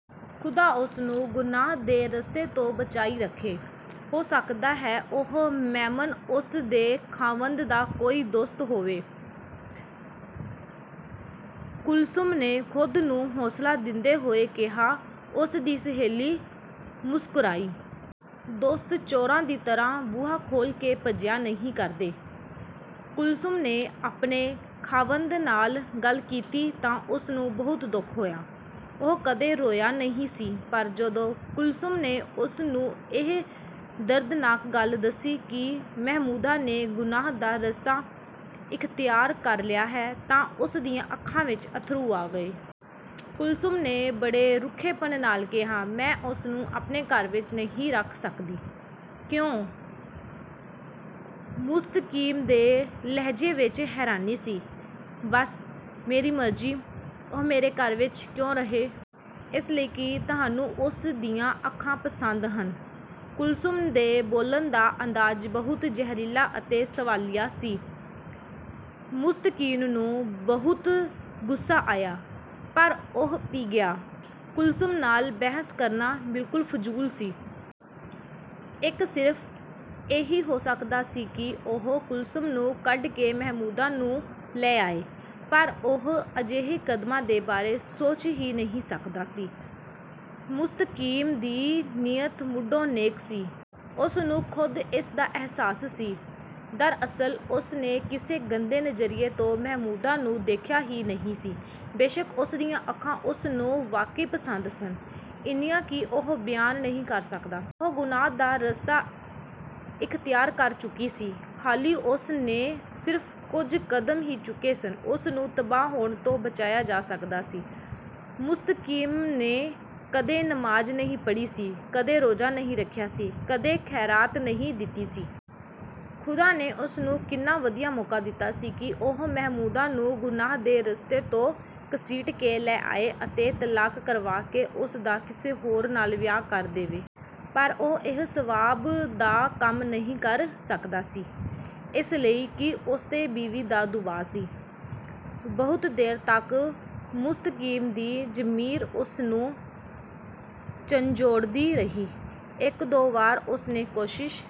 ਖ਼ੁਦਾ ਉਸ ਨੂੰ ਗੁਨਾਹ ਦੇ ਰਸਤੇ ਤੋਂ ਬਚਾਈ ਰੱਖੇ। ਹੋ ਸਕਦਾ ਹੈ ਉਹ ਮੈਮਨ ਉਸ ਦੇ ਖ਼ਾਵੰਦ ਦਾ ਕੋਈ ਦੋਸਤ ਹੋਵੇ। "ਕੁਲਸੁਮ ਨੇ ਖ਼ੁਦ ਨੂੰ ਹੌਸਲਾ ਦਿੰਦੇ ਹੋਏ ਕਿਹਾ। ਉਸ ਦੀ ਸਹੇਲੀ ਮੁਸਕੁਰਾਈ। "ਦੋਸਤ, ਚੋਰਾਂ ਦੀ ਤਰ੍ਹਾਂ ਬੂਹਾ ਖੋਲ੍ਹ ਕੇ ਭੱਜਿਆ ਨਹੀਂ ਕਰਦੇ। "ਕੁਲਸੁਮ ਨੇ ਆਪਣੇ ਖ਼ਾਵੰਦ ਨਾਲ ਗੱਲ ਕੀਤੀ ਤਾਂ ਉਸਨੂੰ ਬਹੁਤ ਦੁੱਖ ਹੋਇਆ। ਉਹ ਕਦੇ ਰੋਇਆ ਨਹੀਂ ਸੀ ਪਰ ਜਦੋਂ ਕੁਲਸੁਮ ਨੇ ਉਸਨੂੰ ਇਹ ਦਰਦਨਾਕ ਗੱਲ ਦੱਸੀ ਕਿ ਮਹਿਮੂਦਾ ਨੇ ਗੁਨਾਹ ਦਾ ਰਸਤਾ ਇਖ਼ਤਿਆਰ ਕਰ ਲਿਆ ਹੈ ਤਾਂ ਉਸ ਦੀਆਂ ਅੱਖਾਂ ਵਿੱਚ ਅੱਥਰੂ ਆ ਗਏ। " ਕੁਲਸੁਮ ਨੇ ਬੜੇ ਰੁੱਖੇਪਣ ਨਾਲ ਕਿਹਾ "ਮੈਂ ਉਸਨੂੰ ਆਪਣੇ ਘਰ ਵਿੱਚ ਨਹੀਂ ਰੱਖ ਸਕਦੀ। " "ਕਿਉਂ? " ਮੁਸਤਕੀਮ ਦੇ ਲਹਿਜੇ ਵਿੱਚ ਹੈਰਾਨੀ ਸੀ। "ਬਸ, ਮੇਰੀ ਮਰਜ਼ੀ। ਉਹ ਮੇਰੇ ਘਰ ਵਿੱਚ ਕਿਉਂ ਰਹੇ? ਇਸ ਲਈ ਕਿ ਤੁਹਾਨੂੰ ਉਸ ਦੀਆਂ ਅੱਖਾਂ ਪਸੰਦ ਹਨ? " ਕੁਲਸੁਮ ਦੇ ਬੋਲਣ ਦਾ ਅੰਦਾਜ਼ ਬਹੁਤ ਜ਼ਹਿਰੀਲਾ ਅਤੇ ਸਵਾਲੀਆ ਸੀ। ਮੁਸਤਕੀਮ ਨੂੰ ਬਹੁਤ ਗੁੱਸਾ ਆਇਆ, ਪਰ ਉਹ ਪੀ ਗਿਆ। ਕੁਲਸੁਮ ਨਾਲ ਬਹਿਸ ਕਰਨਾ ਬਿਲਕੁਲ ਫ਼ਜ਼ੂਲ ਸੀ। ਇੱਕ ਸਿਰਫ਼ ਇਹੀ ਹੋ ਸਕਦਾ ਸੀ ਕਿ ਉਹ ਕੁਲਸੁਮ ਨੂੰ ਕੱਢ ਕੇ ਮਹਿਮੂਦਾ ਨੂੰ ਲੈ ਆਏ। ਪਰ ਉਹ ਅਜਿਹੇ ਕਦਮਾਂ ਦੇ ਬਾਰੇ ਸੋਚ ਹੀ ਨਹੀਂ ਸਕਦਾ ਸੀ। ਮੁਸਤਕੀਮ ਦੀ ਨੀਅਤ ਮੁਢੋਂ ਨੇਕ ਸੀ। ਉਸ ਨੂੰ ਖ਼ੁਦ ਇਸ ਦਾ ਅਹਿਸਾਸ ਸੀ। ਦਰਅਸਲ ਉਸ ਨੇ ਕਿਸੇ ਗੰਦੇ ਨਜ਼ਰੀਏ ਤੋਂ ਮਹਿਮੂਦਾ ਨੂੰ ਦੇਖਿਆ ਹੀ ਨਹੀਂ ਸੀ। ਬੇਸ਼ਕ ਉਸ ਦੀਆਂ ਅੱਖਾਂ ਉਸ ਨੂੰ ਵਾਕਈ ਪਸੰਦ ਸਨ, ਇੰਨੀਆਂ ਕਿ ਉਹ ਬਿਆਨ ਨਹੀਂ ਕਰ ਸਕਦਾ ਸੀ। ਉਹ ਗੁਨਾਹ ਦਾ ਰਸਤਾ ਇਖ਼ਤਿਆਰ ਕਰ ਚੁੱਕੀ ਸੀ। ਹਾਲੀਂ ਉਸ ਨੇ ਸਿਰਫ ਕੁਝ ਕਦਮ ਹੀ ਚੁੱਕੇ ਸਨ। ਉਸ ਨੂੰ ਤਬਾਹ ਹੋਣ ਤੋਂ ਬਚਾਇਆ ਜਾ ਸਕਦਾ ਸੀ। ਮੁਸਤਕੀਮ ਨੇ ਕਦੇ ਨਮਾਜ਼ ਨਹੀਂ ਪੜ੍ਹੀ ਸੀ, ਕਦੇ ਰੋਜ਼ਾ ਨਹੀਂ ਰੱਖਿਆ ਸੀ, ਕਦੇ ਖ਼ੈਰਾਤ ਨਹੀਂ ਦਿੱਤੀ ਸੀ। ਖ਼ੁਦਾ ਨੇ ਉਸ ਨੂੰ ਕਿੰਨਾ ਵਧੀਆ ਮੌਕਾ ਦਿੱਤਾ ਸੀ ਕਿ ਉਹ ਮਹਿਮੂਦਾ ਨੂੰ ਗੁਨਾਹ ਦੇ ਰਸਤੇ ਤੋਂ ਘਸੀਟ ਕੇ ਲੈ ਆਏ ਅਤੇ ਤਲਾਕ ਕਰਵਾ ਕੇ ਉਸ ਦਾ ਕਿਸੇ ਹੋਰ ਨਾਲ ਵਿਆਹ ਕਰ ਦੇਵੇ। ਪਰ ਉਹ ਇਹ ਸਵਾਬ ਦਾ ਕੰਮ ਨਹੀਂ ਕਰ ਸਕਦਾ ਸੀ। ਇਸ ਲਈ ਕਿ ਉਸਤੇ ਬੀਵੀ ਦਾ ਦਬਾਅ ਸੀ। ਬਹੁਤ ਦੇਰ ਤੱਕ ਮੁਸਤਕੀਮ ਦੀ ਜ਼ਮੀਰ ਉਸ ਨੂੰ ਝੰਜੋੜਦੀ ਰਹੀ। ਇੱਕ ਦੋ ਵਾਰ ਉਸ ਨੇ ਕੋਸ਼ਿਸ਼